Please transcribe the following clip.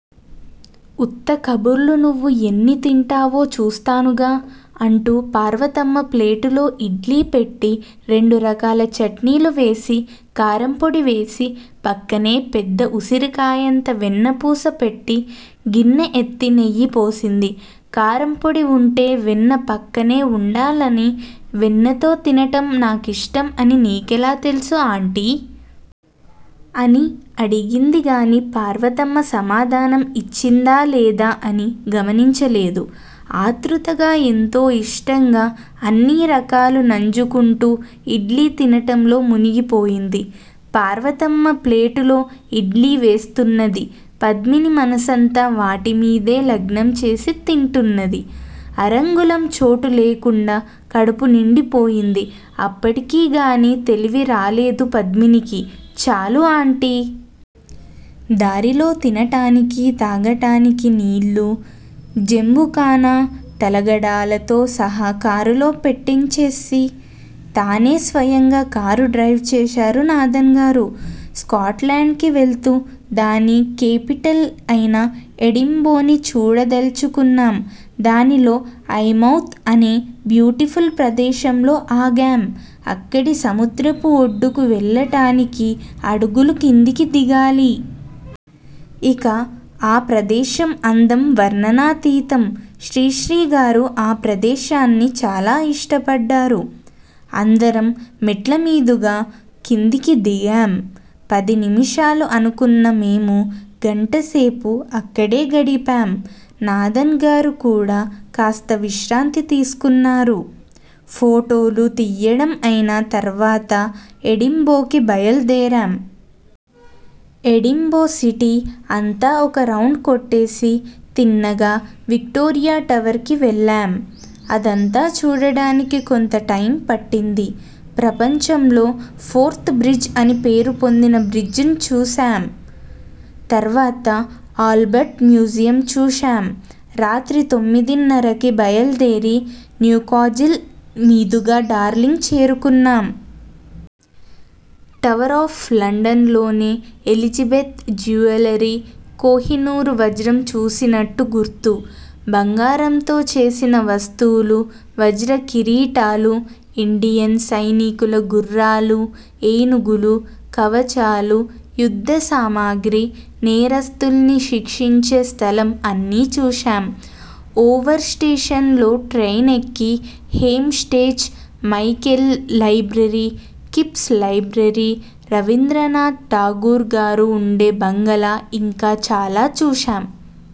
ఉత్త కబుర్లు నువ్వు ఎన్ని తింటావో చూస్తానుగా అంటూ పార్వతమ్మ ప్లేటులో ఇడ్లీ పెట్టి రెండు రకాల చట్నీలు వేసి కారంపొడి వేసి పక్కనే పెద్ద ఉసిరికాయంత వెన్నపూస పెట్టి గిన్నె ఎత్తి నెయ్యి పోసింది. కారంపొడి వుంటే వెన్న పక్కనే వుండాలని వెన్నతో తినటం నాకిష్టం అని నీకెలా తెలుసు ఆంటీ! అని అడిగిందిగాని పార్వతమ్మ సమాధానం యిచ్చిందా లేదా అని గమనించలేదు. ఆతృతగ ఎంతో యిష్టంగా అన్నిరకాలు నంజుకుంటూ ఇడ్లీ తినటంలో మునిగిపోయింది. పార్వతమ్మ ప్లేటులో ఇడ్లీ వేస్తున్నది. పద్మిని మనసంతా వాటిమీదే లగ్నంచేసి తింటున్నది. అరంగుళం చోటులేకుండా కడుపు నిండిపోయింది. అప్పటికిగాని తెలివిరాలేదు పద్మినికి. చాలు ఆంటీ! దారిలో తినటానికి, తాగటానికి నీళ్ళూ, జెంబుకానా, తలగడాలతో సహా కారులో పెట్టించేసి, తానే స్వయంగా కారు డ్రైవ్ చేశారు నాదన్ గారు. స్కాట్ లాండ్ కి వెళుతూ దాని కేపిటల్ అయిన ఎడింబోని చూడదలచుకున్నాం. దానిలో 'ఐ మౌత్' అనే బ్యూటిఫుల్ ప్రదేశంలో ఆగాం. అక్కడి సముద్రపు ఒడ్డుకు వెళ్ళటానికి అడుగులు కిందికి దిగాలి. ఇక ఆ ప్రదేశం అందం వర్ణనాతీతం. శ్రీశ్రీగారు ఆ ప్రదేశాన్ని చాలా ఇష్టపడ్డారు. అందరం మెట్లమీదుగా కిందకి దిగాం. పది నిమిషాలు అనుకున్న మేము గంటసేపు అక్కడే గడిపాం. నాదన్ గారు కూడా కాస్త విశ్రాంతి తీసుకున్నారు. ఫోటోలు తియ్యడం అయిన తర్వాత ఎడింబోకి బయలుదేరాం. ఎడింబో సిటీ అంతా ఒక రౌండ్ కొట్టేసి, తిన్నగా విక్టోరియా టవర్ కి వెళ్ళాం. అదంతా చూడడానికి కొంత టైం పట్టింది. ప్రపంచంలో ఫోర్త్ బ్రిడ్జ్ అని పేరు పొందిన బ్రిడ్జ్ ని చూశాం. తర్వాత ఆల్బర్ట్ మ్యూజియం చూశాం. రాత్రి తొమ్మిదిన్నరకి బయల్దేరి న్యూకాజిల్ మీదుగా డార్లింగ్ చేరుకున్నాం. టవరాఫ్ లండన్లోనే ఎలిజిబెత్ జ్యూయలరీ కోహినూరు వజ్రం చూసినట్టు గుర్తు. బంగారంతో చేసిన వస్తువులు, వజ్రకిరీటాలు, ఇండియన్ సైనికుల గుర్రాలూ, ఏనుగులూ, కవచాలూ, యుద్ధసామాగ్రి, నేరస్థుల్ని శిక్షించే స్థలం అన్నీ చూశాం. ఓవల్ స్టేషన్ లో ట్రైనెక్కి హేమ్ స్టేజ్, Michael library, Kips library, Rabindranath Tagore గారు వుండే బంగళా, ఇంకా చాలా చూశాం.